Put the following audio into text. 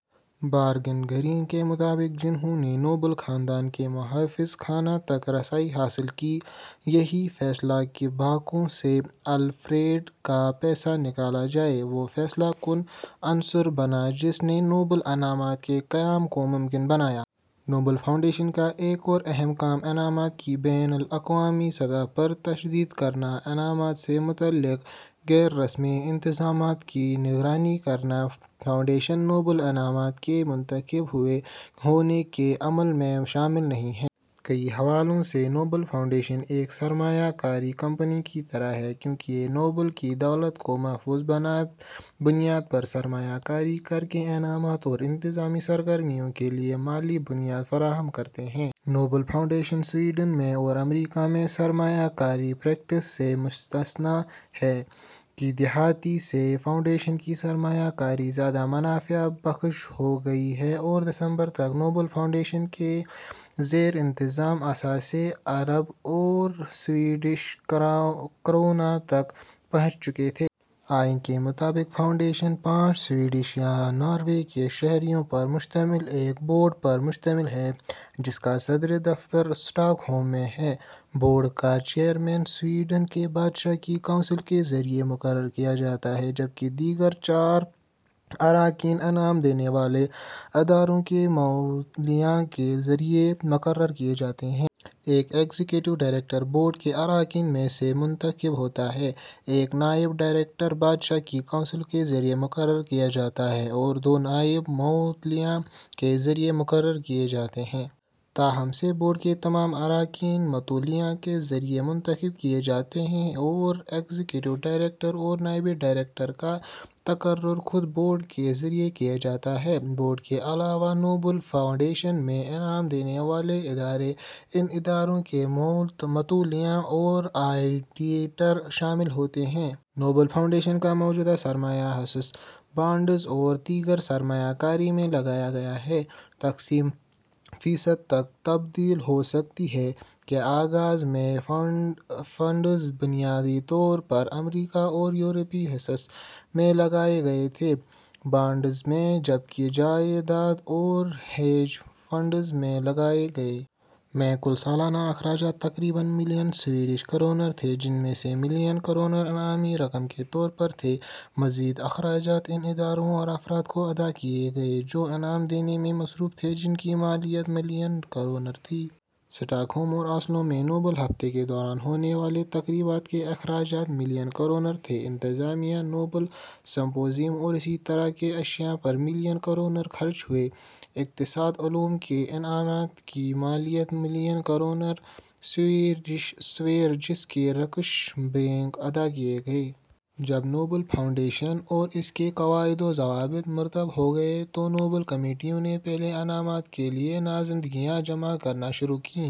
بارگن green کے مطابق، جنھوں نے نوبل خاندان کے محافظ خانہ تک رسائی حاصل کی، یہی "فیصلہ کہ باکو سے الفریڈ کا پیسہ نکالا جائے" وہ فیصلہ کن عنصر بنا جس نے نوبل انعامات کے قیام کو ممکن بنایا۔ نوبل فاؤنڈیشن کا ایک اور اہم کام انعامات کی بین الاقوامی سطح پر تشہیر کرنا اور انعامات سے متعلق غیر رسمی انتظامات کی نگرانی کرنا ہے۔ فاؤنڈیشن نوبل انعامات کے منتخب ہونے کے عمل میں شامل نہیں ہے۔ کئی حوالوں سے نوبل فاؤنڈیشن ایک سرمایہ کاری کمپنی کی طرح ہے، کیونکہ یہ نوبل کی دولت کو محفوظ بنیاد پر سرمایہ کاری کر کے انعامات اور انتظامی سرگرمیوں کے لیے مالی بنیاد فراہم کرتی ہے۔ نوبل فاؤنڈیشن سویڈن میں اور امریکا میں سرمایہ کاری پر ٹیکس سے مستثنیٰ ہے ۔ کی دہائی سے فاؤنڈیشن کی سرمایہ کاری زیادہ منافع بخش ہو گئی ہے اور دسمبر تک، نوبل فاؤنڈیشن کے زیر انتظام اثاثے ارب سویڈش کرونا تک پہنچ چکے تھے۔ آئین کے مطابق، فاؤنڈیشن پانچ سویڈش یا ناروے کے شہریوں پر مشتمل ایک بورڈ پر مشتمل ہے، جس کا صدر دفتر اسٹاک ہوم میں ہے۔ بورڈ کا چیئرمین سویڈن کے بادشاہ کی کونسل کے ذریعے مقرر کیا جاتا ہے، جبکہ دیگر چار اراکین انعام دینے والے اداروں کے متولیان کے ذریعے مقرر کیے جاتے ہیں۔ ایک ایگزیکٹو ڈائریکٹر بورڈ کے اراکین میں سے منتخب ہوتا ہے، ایک نائب ڈائریکٹر بادشاہ کی کونسل کے ذریعے مقرر کیا جاتا ہے اور دو نائبین متولیان کے ذریعے مقرر کیے جاتے ہیں۔ تاہم، سے بورڈ کے تمام اراکین متولیان کے ذریعے منتخب کیے جاتے ہیں اور ایگزیکٹو ڈائریکٹر اور نائب ڈائریکٹر کا تقرر خود بورڈ کے ذریعے کیا جاتا ہے۔ بورڈ کے علاوہ، نوبل فاؤنڈیشن میں انعام دینے والے ادارے ، ان اداروں کے متولیان اور آڈیٹر شامل ہوتے ہیں۔ نوبل فاؤنڈیشن کا موجودہ سرمایہ حصص، بانڈز اور دیگر سرمایہ کاری میں لگایا گیا ہے۔ تقسیم فیصد تک تبدیل ہو سکتی ہے۔ کے آغاز میں، فنڈز بنیادی طور پر امریکی اور یورپی حصص میں لگائے گئے تھے، بانڈز میں، جبکہ جائداد اور ہیج فنڈز میں لگائے گئے۔ میں، کل سالانہ اخراجات تقریباً ملین سویڈش کرونر تھے، جن میں سے ملین کرونر انعامی رقم کے طور پر تھے۔ مزید اخراجات ان اداروں اور افراد کو ادا کیے گئے جو انعام دینے میں مصروف تھے، جن کی مالیت ملین کرونر تھی۔ سٹاک ہوم اور اوسلو میں نوبل ہفتے کے دوران ہونے والے تقریبات کے اخراجات ملین کرونر تھے۔ انتظامیہ، نوبل سمپوزیم اور اسی طرح کی اشیاء پر ملین کرونر خرچ ہوئے۔ اقتصادی علوم کے انعام کی مالیت million kronor Sveriges Riksbank ادا کرتا ہے۔ ۔ جب نوبل فاؤنڈیشن اور اس کے قواعد و ضوابط مرتب ہو گئے، تو نوبل کمیٹیوں نے پہلے انعامات کے لیے نامزدگیاں جمع کرنا شروع کیں۔